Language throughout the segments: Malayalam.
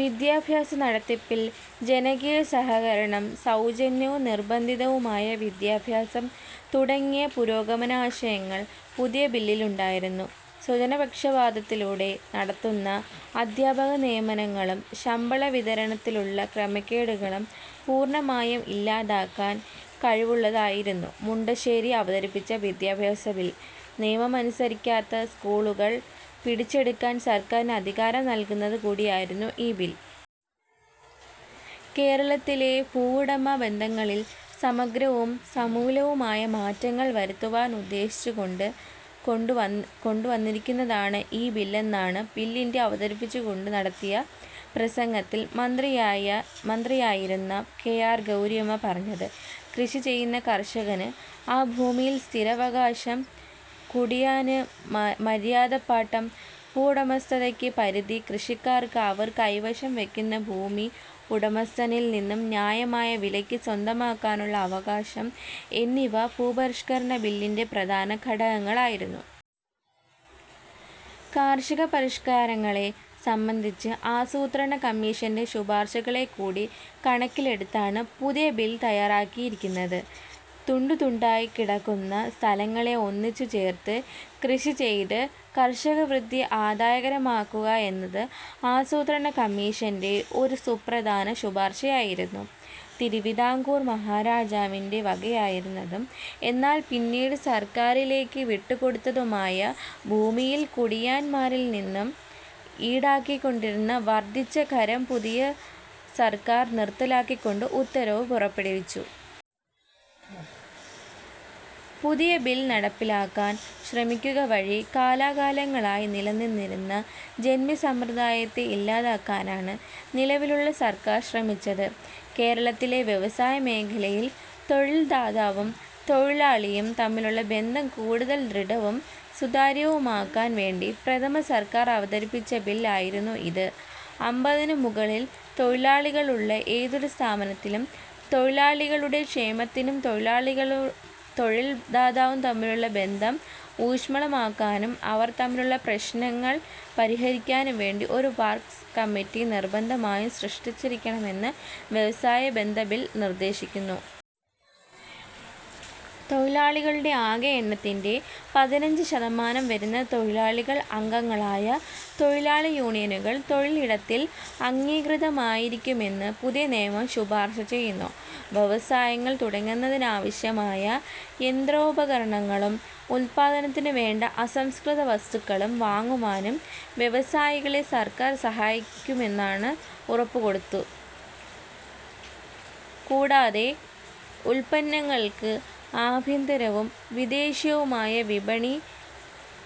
വിദ്യാഭ്യാസ നടത്തിപ്പിൽ ജനകീയ സഹകരണം, സൗജന്യവും നിർബന്ധിതവുമായ വിദ്യാഭ്യാസം തുടങ്ങിയ പുരോഗമനാശയങ്ങൾ പുതിയ ബില്ലിലുണ്ടായിരുന്നു. സ്വജനപക്ഷപാതത്തിലൂടെ നടത്തുന്ന അദ്ധ്യാപകനിയമനങ്ങളും, ശമ്പള വിതരണത്തിലുള്ള ക്രമക്കേടുകളും പൂർണ്ണമായും ഇല്ലാതാക്കാൻ കഴിവുള്ളതായിരുന്നു മുണ്ടശ്ശേരി അവതരിപ്പിച്ച വിദ്യാഭ്യാസ ബിൽ. നിയമമനുസരിക്കാത്ത സ്കൂളുകൾ പിടിച്ചെടുക്കാൻ സർക്കാരിന് അധികാരം നൽകുന്നതു കൂടിയായിരുന്നു ഈ ബിൽ. കേരളത്തിലെ ഭൂവുടമ ബന്ധങ്ങളിൽ സമഗ്രവും, സമൂലവും ആയ മാറ്റങ്ങൾ വരുത്തുവാൻ ഉദ്ദേശിച്ചുകൊണ്ട് കൊണ്ടുവന്നിരിക്കുന്നതാണ് ഈ ബില്ലെന്നാണ് ബില്ലിന്റെ അവതരിപ്പിച്ചുകൊണ്ട് നടത്തിയ പ്രസംഗത്തിൽ മന്ത്രിയായിരുന്ന കെ. ആർ. ഗൗരിയമ്മ പറഞ്ഞത്. കൃഷി ചെയ്യുന്ന കർഷകന് ആ ഭൂമിയിൽ സ്ഥിരാവകാശം, കുടിയാന് മര്യാദപ്പാട്ടം, ഭൂവുടമസ്ഥതയ്ക്ക് പരിധി, കൃഷിക്കാർക്ക് അവർ കൈവശം വയ്ക്കുന്ന ഭൂമി ഉടമസ്ഥനിൽ നിന്നും ന്യായമായ വിലയ്ക്ക് സ്വന്തമാക്കാനുള്ള അവകാശം എന്നിവ പുതിയ ഭൂരിപഷ്കരണബില്ലിന്റെ പ്രധാന ഘടകങ്ങളായിരുന്നു. കാർഷിക പരിഷ്കാരങ്ങളെ സംബന്ധിച്ച് ആസൂത്രണ കമ്മീഷന്റെ ശുപാർശകളെകൂടി കണക്കിലെടുത്താണ് പുതിയ ബിൽ തയ്യാറാക്കിയിരിക്കുന്നത്. തുണ്ടു തുണ്ടായി കിടക്കുന്ന സ്ഥലങ്ങളെ ഒന്നിച്ചുചേർത്ത് കൃഷിചെയ്ത് കർഷകവൃത്തി ആദായകരമാക്കുക എന്നത് ആസൂത്രണ കമ്മീഷന്റെ ഒരു സുപ്രധാന ശുപാർശയായിരുന്നു. തിരുവിതാംകൂർ മഹാരാജാവിന്റെ വകയായിരുന്നതും എന്നാൽ പിന്നീട് സർക്കാരിലേക്കു വിട്ടുകൊടുത്തതുമായ ഭൂമിയിൽ കുടിയാന്മാരിൽ നിന്നും ഈടാക്കിക്കൊണ്ടിരുന്ന വർദ്ധിച്ച കരം പുതിയ സർക്കാർ നിറുത്തലാക്കിക്കൊണ്ട് ഉത്തരവ് പുറപ്പെടുവിച്ചു. പുതിയ ബിൽ നടപ്പിലാക്കാൻ ശ്രമിക്കുക വഴി കാലാകാലങ്ങളായി നിലനിന്നിരുന്ന ജന്മി സമ്പ്രദായത്തെ ഇല്ലാതാക്കാനാണ് നിലവിലുള്ള സർക്കാർ ശ്രമിച്ചത്. കേരളത്തിലെ വ്യവസായമേഖലയിൽ തൊഴിൽ ദാതാവും, തൊഴിലാളിയും തമ്മിലുള്ള ബന്ധം കൂടുതൽ ദൃഢവും, സുതാര്യവും ആക്കാൻ വേണ്ടി പ്രഥമ സർക്കാർ അവതരിപ്പിച്ച ബിൽ ആയിരുന്നു ഇത്. അമ്പതിനു മുകളിൽ തൊഴിലാളികളുള്ള ഏതൊരു സ്ഥാപനത്തിലും, തൊഴിലാളികളുടെ ക്ഷേമത്തിനു, തൊഴിലാളികളും, തൊഴിൽ ദാതാവും തമ്മിലുള്ള ബന്ധം ഊഷ്മളമാക്കാനും, അവർ തമ്മിലുള്ള പ്രശ്നങ്ങൾ പരിഹരിക്കാനും വേണ്ടി ഒരു വർക്സ് കമ്മിറ്റി നിർബന്ധമായും സൃഷ്ടിച്ചിരിക്കണമെന്ന് വ്യവസായ ബന്ധ ബിൽ നിർദ്ദേശിക്കുന്നു. തൊഴിലാളികളുടെ ആകെ എണ്ണത്തിന്റെ പതിനഞ്ച് ശതമാനം വരുന്ന തൊഴിലാളികൾ അംഗങ്ങളായ തൊഴിലാളി യൂണിയനുകൾ തൊഴിൽ ഇടത്തിൽ അംഗീകൃതമായിരിക്കുമെന്ന് പുതിയ നിയമം ശുപാർശ ചെയ്യുന്നു. വ്യവസായങ്ങൾ തുടങ്ങുന്നതിനാവശ്യമായ യന്ത്രോപകരണങ്ങളും, ഉത്പാദനത്തിനുവേണ്ട അസംസ്കൃതവസ്തുക്കളും വാങ്ങുവാനും വ്യവസായികളെ സർക്കാർ സഹായിക്കുന്നമെന്ന് ഉറപ്പുകൊടുത്തു. കൂടാതെ, ഉത്പന്നങ്ങൾക്ക് ആഭ്യന്തരവും, വിദേശീയവുമായ വിപണി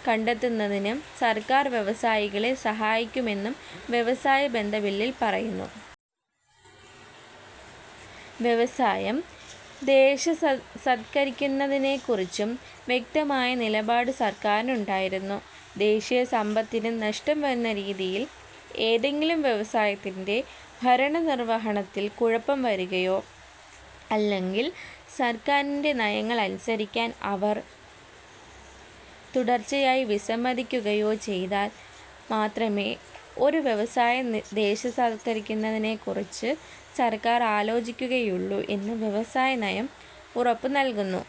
കണ്ടെത്തുന്നതിനും സർക്കാർ വ്യവസായികളെ സഹായിക്കുമെന്നും വ്യവസായ ബന്ധ ബില്ലിൽ പറയുന്നു. വ്യവസായം ദേശസാത്കരിക്കുന്നതിനെക്കുറിച്ചും വ്യക്തമായ നിലപാട് സർക്കാരിനുണ്ടായിരുന്നു. ദേശീയ സമ്പത്തിന് നഷ്ടം വരുന്ന രീതിയിൽ ഏതെങ്കിലും വ്യവസായത്തിന്റെ ഭരണനിർവ്വഹണത്തിൽ കുഴപ്പം വരുകയോ, അല്ലെങ്കിൽ സർക്കാരിന്റെ നയങ്ങൾ അനുസരിക്കാൻ അവർ തുടർച്ചയായി വിസമ്മതിക്കുകയോ ചെയ്താൽ മാത്രമേ ഒരു വ്യവസായം ദേശസാത്കരിക്കുന്നതിനെക്കുറിച്ച് സർക്കാർ ആലോചിക്കുകയുള്ളു എന്ന് വ്യവസായ നയം ഉറപ്പു നൽകുന്നു.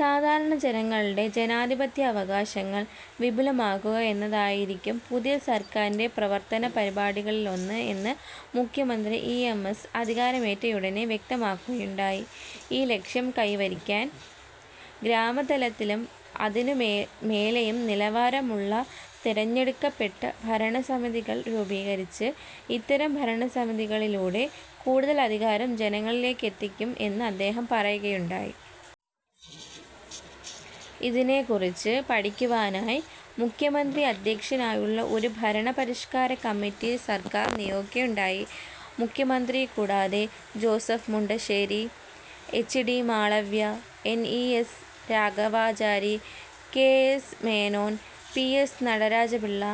സാധാരണ ജനങ്ങളുടെ ജനാധിപത്യ അവകാശങ്ങൾ വിപുലമാക്കുക എന്നതായിരിക്കും പുതിയ സർക്കാരിന്റെ പ്രവർത്തന പരിപാടികളിലൊന്ന് എന്ന് മുഖ്യമന്ത്രി ഇ. എം. എസ്സ് അധികാരമേറ്റയുടനെ വ്യക്തമാക്കുകയുണ്ടായി. ഈ ലക്ഷ്യം കൈവരിക്കാൻ ഗ്രാമതലത്തിലും, അതിനുമേലെയും നിലവാരമുള്ള തിരഞ്ഞെടുക്കപ്പെട്ട ഭരണസമിതികൾ രൂപീകരിച്ച്, ഇത്തരം ഭരണസമിതികളിലൂടെ കൂടുതൽ അധികാരം ജനങ്ങളിലേക്കെത്തിക്കും എന്നും അദ്ദേഹം പറയുകയുണ്ടായി. ഇതിനെക്കുറിച്ചു പഠിക്കുവാനായി മുഖ്യമന്ത്രി അദ്ധ്യക്ഷനായുള്ള ഒരു ഭരണപരിഷ്കാര കമ്മിറ്റിയെ സർക്കാർ നിയോഗിക്കുകയുണ്ടായി. മുഖ്യമന്ത്രിയെക്കൂടാതെ Joseph Mundassery, H. D. Malaviya, N. E. S. Raghavachari, K. S. Menon, P. S. Nataraja Pillai,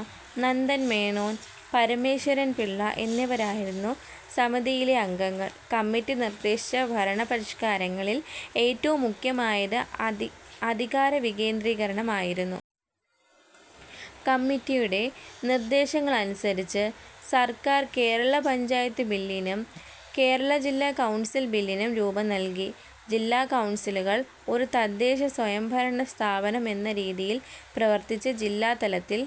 Nandan Menon, Parameswaran Pillai എന്നിവരായിരുന്നു സമിതിയിലെ അംഗങ്ങൾ. കമ്മിറ്റി നിർദ്ദേശിച്ച ഭരണപരിഷ്കാരങ്ങളിൽ ഏറ്റവും മുഖ്യമായത് അധികാര വികേന്ദ്രീകരണം ആയിരുന്നു. കമ്മിറ്റിയുടെ നിർദ്ദേശങ്ങളനുസരിച്ച് സർക്കാർ, കേരള പഞ്ചായത്ത് ബില്ലിനും, കേരള ജില്ലാ കൗൺസിൽ ബില്ലിനും രൂപം നൽകി. ജില്ലാ കൗൺസിലുകൾ ഒരു തദ്ദേശസ്വയം ഭരണ സ്ഥാപനം എന്ന രീതിയിൽ പ്രവർത്തിച്ച് ജില്ലാ തലത്തിൽ